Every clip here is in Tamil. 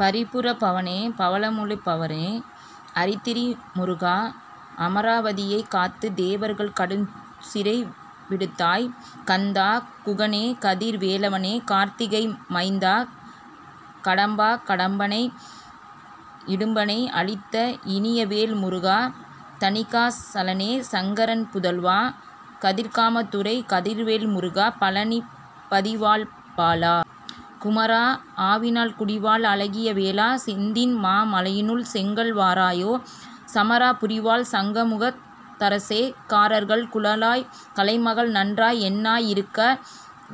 பரிபுர பவனே பவமொளி பவனே அரிதிரு மருகா அமாராபதியைக் காத்துத் தேவர்கள் கடுஞ்சிறை விடுத்தாய் கந்தா குகனே கதிர் வேலவனே கார்த்திகை மைந்தா கடம்பா கடம்பனை இடும்பனை அழித்த இனியவேல் முருகா தணிகா சலனே சங்கரன் புதல்வா கதிர்காமத்துறை கதிர்வேல் முருகா பழநிப் பதிவாழ் பால குமாரா ஆவினன்குடிவாழ் அழகிய வேலா செந்தின் மாமலையுறும் செங்கல்வராயா சமராபுரிவாழ் சண்முகத் தரசே காரார் குழலாள் கலைமகள் நன்றாய் என் நாஇருக்க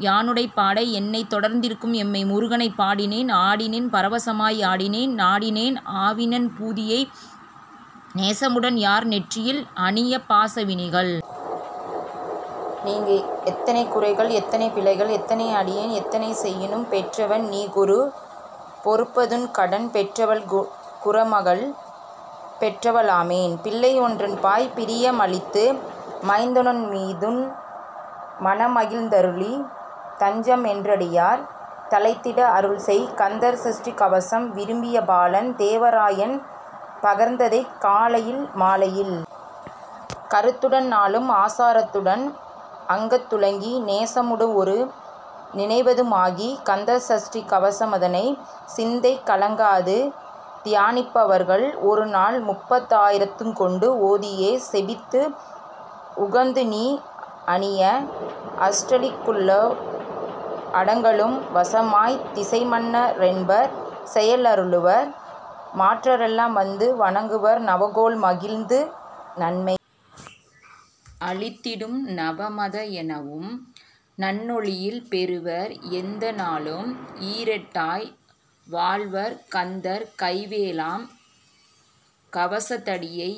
யானுனைப் பாட எனைத்தொடர்ந்திருக்கும் எந்தை முருகனைப் பாடினேன் ஆடினேன் பரவசமாக ஆடினேன் நாடினேன் ஆவினன் பூதியை நேசமுடன் யான் நெற்றியில் அணியப் பாசவினைகள் நீங்க எத்தனைகுறைகள் எத்தனை பிழைகள் எத்தனை யடியேன் எத்தனை செயினும் பெற்றவன் நீகுரு பொறுப்ப துன்கடன் பெற்றவள் குறமகள் பெற்றவ ளாமே பிள்ளையென்றன்பாய்ப் பிரிய மளித்து மைந்தனென்மீதுன் மனமகிழ்ந் தருளி தஞ்சமென்றடியார் தழைத்திட அருள்செய் கந்தர் சஷ்டிகவசம் விரும்பிய பாலன் தேவராயன் பகர்ந்ததை காலையில் மாலையில் கருத்துடன் நாளும் ஆசா ரத்துடன் அங்கந் துலக்கி நேசமுடனொரு நினைவதுமாகிக் கந்தர் சஷ்டிக்கவசமிதனைச் சிந்தை கலங்காது தியானிப்பவர்கள் ஒருநாள் முப்பத்தாறுருக்கொண்டு ஓதியே செபித்து உகந்துநீ றணிய அஷ்டதிக் குள்ளோர் அடங்கலும் வசமாய்த் திசைமன்ன ரெண்மர் செயல தருளுவர் மாற்றலரெல்லாம் வந்து வணங்குவர் நவகோள் மகிழ்ந்து நன்மை யளித்திடும் நவமத னெனவும் நல்லெழில் பெறுவர் எந்த நாளும் ஈரெட்டாய் வாழ்வர் கந்தர் கைவேலாம் கவசத் தடியை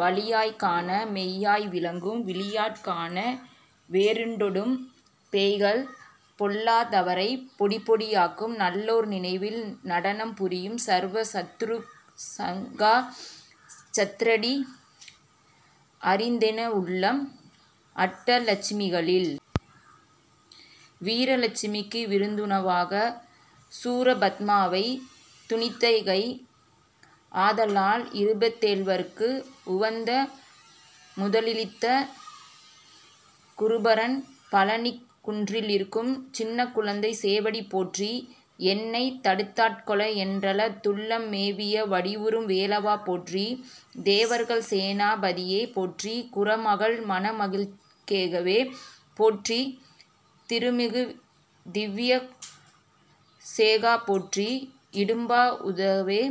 வழியாய்க்காண மெய்யாய் விளங்கும் விழியாற்காண வெருண்டிடும் பேய்கள் பொல்லா தவரைப் பொடிபொடியாக்கும் நல்லோர் நினைவில் நடனம் புரியும் சர்வ சத்துரு சங்கா ரத்தடி அறிந்தெனதுள்ளம் அட்டலட்சு மிகளில் வீரலட்சுமிக்கு விருந்துணவாகச் சூரபத்மாவைத் துணித்தகை அதனால் இருபத் தேழ்வர்க்கு உவந்தமு தளித்த குருபரன் பழநிக் குன்றிலி ருக்கும் சின்னக் குழந்தை சேவடி போற்றி எனைத்தடுத் தாட்கொள என்றன துள்ளம் மேவிய வடிவுறும் வேலவா போற்றி தேவர்கள் சேனா பதியே போற்றி குறமகள் மனமகிழ்கோவே போற்றி திறமிகு திவ்விய தேகா போற்றி இடும்பா யுதனே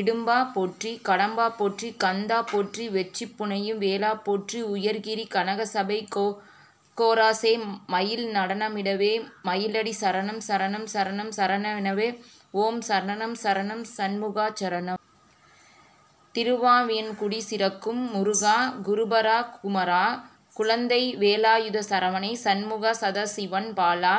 இடும்பா போற்றி கடம்பா போற்றி கந்தா போற்றி வெட்சி புனையும் வேளே போற்றி உயர்கிரி கனகசபைக்கோ ரரசே மயில் நடமிடுவோய் மலரடி சரணம் சரணம் சரணம் சரஹண பவஓம் சரணம் சரணம் சண்முகா சரணம்! திருவாவினன்குடி சிறக்கும் முருகா குருபரா குமரா குழந்தைவே லாயுதா சரவணை சண்முகா சதாசிவன் பாலா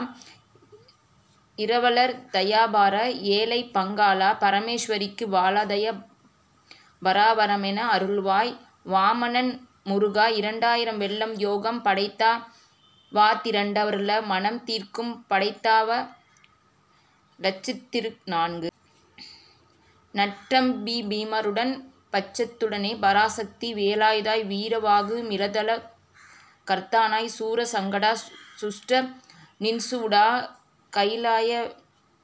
இரவலர் தயாபரா ஏழைபங் காளா பரமேஸ் வரிக்குப் பாலா தயாபரா வரமெனக் அருள்வாய் வாமனன் மருகா இரண்டா யிரம் வெள்ளம் யோகம் படைத்தவா திரண்டா ருகமனம் தீர்க்கம் படைத்தவா இலட்சத்திருநான்கு நற்றம்பி மாருடன் பட்சத்துடனே பராசக்தி வேலதாய் வீர வாகு மிகுதள கர்த்தனாய் சூர சங்காரா துஷ்ட நிஷ்டூரா கயிலாய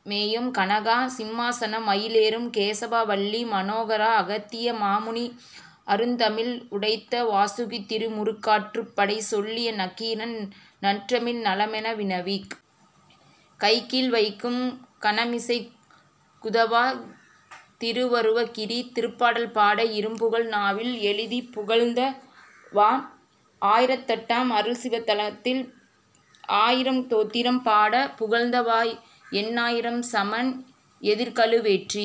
மேவும் கனக சிம்மாசனா மயிலேறும் சேவகா வள்ளி மனோகரா அகத்திய மாமுனிக் அருந்தமிழ் உரைத்தவா சுகத்திரு முறுகாற் றுப்படை சொல்லிய நக்கீரன் நற்றமிழ் நலமென வினவிக் கைக்கீழ் வைக்கும் கனமிசைக் குதவா திருவருணகிரி திருப்புகழ் பாட இரும்புகழ் நாவில் எழுதிப் புகழ்ந்தவா ஆயிரத்தெட்டாம் அருள்சிவ தலத்தில் பாயிரம் தோத்திரம் பாடப் புகழ்ந்தவா எண்ணா யிரம் சமண் எதிர்கழு வேற்றி